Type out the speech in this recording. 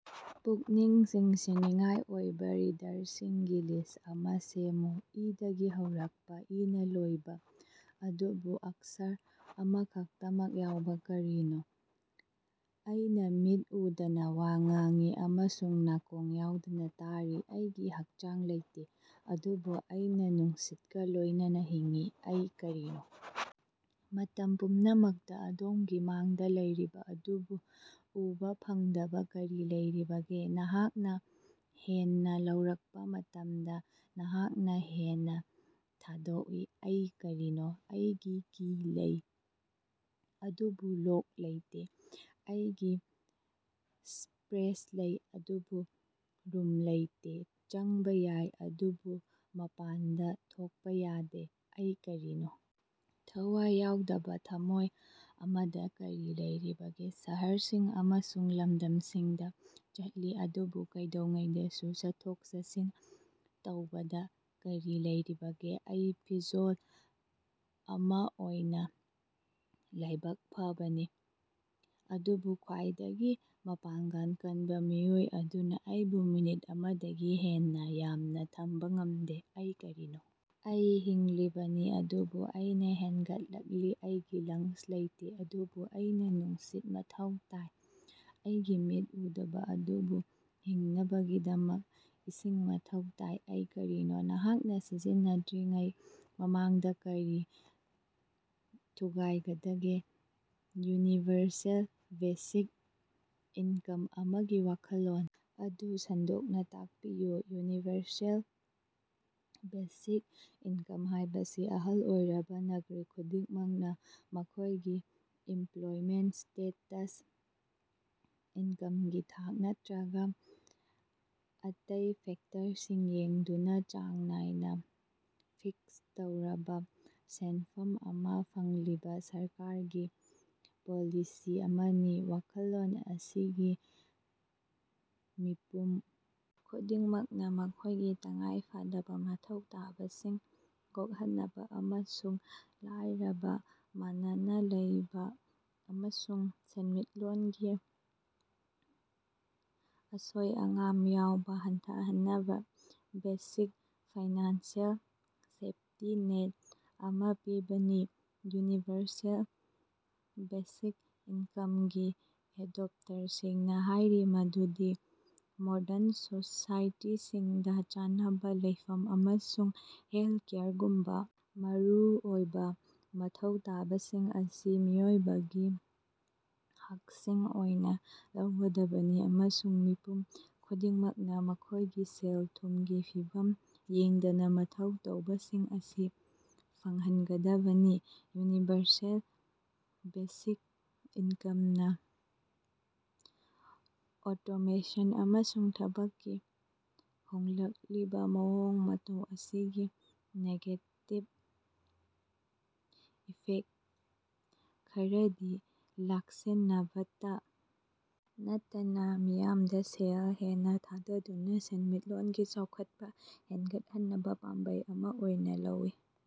ꯄꯨꯛꯅꯤꯡ ꯆꯤꯡꯁꯤꯟꯅꯤꯡꯉꯥꯏ ꯑꯣꯏꯕ ꯔꯤꯗꯂꯁꯤꯡꯒꯤ ꯂꯤꯁ꯭ꯠ ꯑꯃꯥ ꯁꯦꯝꯃꯨ꯫ ꯏꯗꯒꯤ ꯍꯧꯔꯛꯄꯥ, ꯏꯅꯥ ꯂꯣꯏꯕ, ꯑꯗꯨꯕꯨ ꯑꯛꯁꯔ ꯑꯃꯈꯛꯇꯃꯛ ꯌꯥꯎꯕ ꯀꯔꯤꯅꯣ? ꯑꯩꯅꯥ ꯃꯤꯠ ꯎꯗꯅꯥ ꯋꯥ ꯉꯥꯡꯉꯤ ꯑꯃꯁꯨꯡ ꯅꯥꯀꯣꯡ ꯌꯥꯎꯗꯅ ꯇꯥꯔꯤ꯫ ꯑꯩꯒꯤ ꯍꯛꯆꯥꯡ ꯂꯩꯇꯦ ꯑꯗꯨꯕꯨ ꯑꯩꯅꯥ ꯅꯨꯡꯁꯤꯠꯀꯥ ꯂꯣꯏꯅꯅꯥ ꯍꯤꯡꯉꯤ꯫ ꯑꯩ ꯀꯔꯤꯅꯣ? ꯃꯇꯝ ꯄꯨꯝꯅꯃꯛꯇꯥ ꯑꯗꯣꯝꯒꯤ ꯃꯥꯡꯗꯥ ꯂꯩꯔꯤꯕ ꯑꯗꯨꯕꯨ ꯎꯕꯥ ꯐꯪꯗꯕ ꯀꯔꯤ ꯂꯩꯔꯤꯕꯒꯦ? ꯅꯍꯥꯛꯅꯥ ꯍꯦꯟꯅ ꯂꯧꯔꯛꯄ ꯃꯇꯝꯗ ꯅꯍꯥꯛꯅꯥ ꯍꯦꯟꯅ ꯊꯥꯗꯣꯛꯏ꯫ ꯑꯩ ꯀꯔꯤꯅꯣ? ꯑꯩꯒꯤ ꯀꯤ ꯂꯩ ꯑꯗꯨꯕꯨ ꯂꯣꯛ ꯂꯩꯇꯦ꯫ ꯑꯩꯒꯤ ꯁ꯭ꯄꯦꯁ ꯂꯩ ꯑꯗꯨꯕꯨ ꯔꯨꯝ ꯂꯩꯇꯦ꯫ ꯆꯪꯕꯥ ꯌꯥꯏ, ꯑꯗꯨꯕꯨ ꯃꯄꯥꯟꯗꯥ ꯊꯣꯛꯄꯥ ꯌꯥꯗꯦ꯫ ꯑꯩ ꯀꯔꯤꯅꯣ? ꯊꯋꯥꯏ ꯌꯥꯎꯗꯕ ꯊꯝꯃꯣꯏ ꯑꯃꯗꯥ ꯀꯔꯤ ꯂꯩꯔꯤꯕꯒꯦ? ꯁꯍꯔꯁꯤꯡ ꯑꯃꯁꯨꯡ ꯂꯝꯗꯝꯁꯤꯡꯗꯥ ꯆꯠꯂꯤ ꯑꯗꯨꯕꯨ ꯀꯩꯗꯧꯉꯩꯗꯁꯨ ꯆꯠꯊꯣꯛ-ꯆꯠꯁꯤꯟ ꯇꯧꯕꯗ ꯀꯔꯤ ꯂꯩꯔꯤꯕꯒꯦ? ꯑꯩ ꯐꯤꯖꯣꯜ ꯑꯃꯥ ꯑꯣꯏꯅ ꯂꯥꯏꯕꯛ ꯐꯕꯅꯤ ꯑꯗꯨꯕꯨ ꯈ꯭ꯋꯥꯏꯗꯒꯤ ꯃꯄꯥꯡꯒꯜ ꯀꯟꯕ ꯃꯤꯑꯣꯏ ꯑꯗꯨꯅꯥ ꯑꯩꯕꯨ ꯃꯤꯅꯤꯠ ꯑꯃꯗꯒꯤ ꯍꯦꯟꯅ ꯌꯥꯝꯅ ꯊꯝꯕ ꯉꯝꯗꯦ꯫ ꯑꯩ ꯀꯔꯤꯅꯣ? ꯑꯩ ꯍꯤꯡꯂꯤꯕꯅꯤ, ꯑꯗꯨꯕꯨ ꯑꯩꯅꯥ ꯍꯦꯟꯒꯠꯂꯛꯂꯤ ꯑꯩꯒꯤ ꯂꯪꯁ ꯂꯩꯇꯦ, ꯑꯗꯨꯕꯨ ꯑꯩꯅꯥ ꯅꯨꯡꯁꯤꯠ ꯃꯊꯧ ꯇꯥꯏ ꯑꯩꯒꯤ ꯃꯤꯠ ꯎꯗꯕꯥ ꯑꯗꯨꯕꯨ ꯍꯤꯡꯅꯕꯒꯤꯗꯃꯛ ꯏꯁꯤꯡ ꯃꯊꯧ ꯇꯥꯏ꯫ ꯑꯩ ꯀꯔꯤꯅꯣ? ꯅꯍꯥꯛꯅꯥ ꯁꯤꯖꯤꯟꯅꯗ꯭ꯔꯤꯉꯩ ꯃꯃꯥꯡꯗꯥ ꯀꯔꯤ ꯊꯨꯒꯥꯏꯒꯗꯒꯦ? ꯌꯨꯅꯤꯚꯔꯁꯦꯜ ꯕꯦꯁꯤꯛ ꯏꯟꯀꯝ ꯑꯃꯒꯤ ꯋꯥꯈꯜꯂꯣꯟ ꯑꯗꯨ ꯁꯟꯗꯣꯛꯅ ꯇꯥꯛꯄꯤꯌꯨ꯫ ꯌꯨꯅꯤꯚꯔꯁꯦꯜ ꯕꯦꯁꯤꯛ ꯏꯟꯀꯝ ꯍꯥꯏꯕꯁꯤ ꯑꯍꯜ ꯑꯣꯏꯔꯕ ꯅꯥꯒꯔꯤꯛ ꯈꯨꯗꯤꯡꯃꯛꯅꯥ ꯃꯈꯣꯏꯒꯤ ꯏꯝꯄ꯭ꯂꯣꯌꯃꯦꯟꯇ ꯁ꯭ꯇꯦꯇꯁ, ꯏꯟꯀꯝꯒꯤ ꯊꯥꯛ, ꯅꯠꯇ꯭ꯔꯒ ꯑꯇꯩ ꯐꯦꯛꯇꯔꯁꯤꯡ ꯌꯦꯡꯗꯨꯅ, ꯆꯥꯡ ꯅꯥꯏꯅ ꯐꯤꯛꯁ ꯇꯧꯔꯕ ꯁꯦꯟꯐꯝ ꯑꯃꯥ ꯐꯪꯂꯤꯕ ꯁꯔꯀꯥꯔꯒꯤ ꯄꯣꯂꯤꯁꯤ ꯑꯃꯅꯤ꯫ ꯋꯥꯈꯜꯂꯣꯟ ꯑꯁꯤꯒꯤ ꯃꯤꯄꯨꯝ ꯈꯨꯗꯤꯡꯃꯛꯅꯥ ꯃꯈꯣꯏꯒꯤ ꯇꯉꯥꯏꯐꯗꯕ ꯃꯊꯧ ꯇꯥꯕꯁꯤꯡ ꯀꯣꯛꯍꯟꯅꯕ ꯑꯃꯁꯨꯡ ꯂꯥꯏꯔꯕꯥ, ꯃꯥꯟꯅꯅ ꯂꯩꯔꯤꯕ ꯑꯃꯁꯨꯡ ꯁꯦꯟꯃꯤꯠꯂꯣꯟꯒꯤ ꯑꯁꯣꯏ-ꯑꯉꯥꯝ ꯌꯥꯎꯕ ꯍꯟꯊꯍꯟꯅꯕꯥ ꯕꯦꯁꯤꯛ ꯐꯥꯏꯅꯥꯟꯁꯤꯑꯦꯜ ꯁꯦꯐꯇꯤ ꯅꯦꯠ ꯑꯃꯥ ꯄꯤꯕꯅꯤ꯫ ꯌꯨꯅꯤꯚꯔꯁꯦꯜ ꯕꯦꯁꯤꯛ ꯏꯟꯀꯝꯒꯤ ꯑꯦꯗꯣꯞꯇꯦꯔꯁꯤꯡꯅꯥ ꯍꯥꯏꯔꯤ ꯃꯗꯨꯗꯤ ꯃꯣꯗꯔꯟ ꯁꯣꯁꯥꯏꯇꯤꯁꯤꯡꯗꯥ ꯆꯥꯅꯕ, ꯂꯩꯐꯝ ꯑꯃꯁꯨꯡ ꯍꯦꯜꯀꯦꯌꯔꯒꯨꯝꯕꯥ ꯃꯔꯨꯑꯣꯏꯕꯥ ꯃꯊꯧ ꯇꯥꯕꯁꯤꯡ ꯑꯁꯤ ꯃꯤꯑꯣꯏꯕꯒꯤ ꯍꯛꯁꯤꯡ ꯑꯣꯏꯅ ꯂꯧꯒꯗꯕꯅꯤ, ꯑꯃꯁꯨꯡ ꯃꯤꯄꯨꯝ ꯈꯨꯗꯤꯡꯃꯛꯅꯥ ꯃꯈꯣꯏꯒꯤ ꯁꯦꯜ-ꯊꯨꯝꯒꯤ ꯐꯤꯚꯝ ꯌꯦꯡꯗꯅꯥ ꯃꯊꯧ ꯇꯧꯕꯁꯤꯡ ꯑꯁꯤ ꯐꯪꯍꯟꯒꯗꯕꯅꯤ꯫ ꯌꯨꯅꯤꯚꯔꯁꯦꯜ ꯕꯦꯁꯤꯛ ꯏꯟꯀꯝꯅꯥ ꯑꯣꯇꯣꯃꯦꯁꯟ ꯑꯃꯁꯨꯡ ꯊꯕꯛꯀꯤ ꯍꯣꯡꯂꯛꯂꯤꯕ ꯃꯑꯣꯡ ꯃꯇꯧ ꯑꯁꯤꯒꯤ ꯅꯦꯒꯦꯇꯤꯚ ꯏꯐꯦꯛꯇ ꯈꯔꯗꯤ ꯂꯥꯛꯁꯤꯟꯅꯕꯇ ꯅꯠꯇꯅꯥ ꯃꯤꯌꯥꯝꯗ ꯁꯦꯜ ꯍꯦꯟꯅꯥ ꯊꯥꯗꯗꯨꯅꯥ ꯁꯦꯟꯃꯤꯠꯂꯣꯟꯒꯤ ꯆꯥꯎꯈꯠꯄꯥ ꯍꯦꯟꯒꯠꯍꯟꯅꯕ ꯄꯥꯝꯕꯩ ꯑꯃꯁꯨ ꯑꯣꯏꯅ ꯂꯧꯏ꯫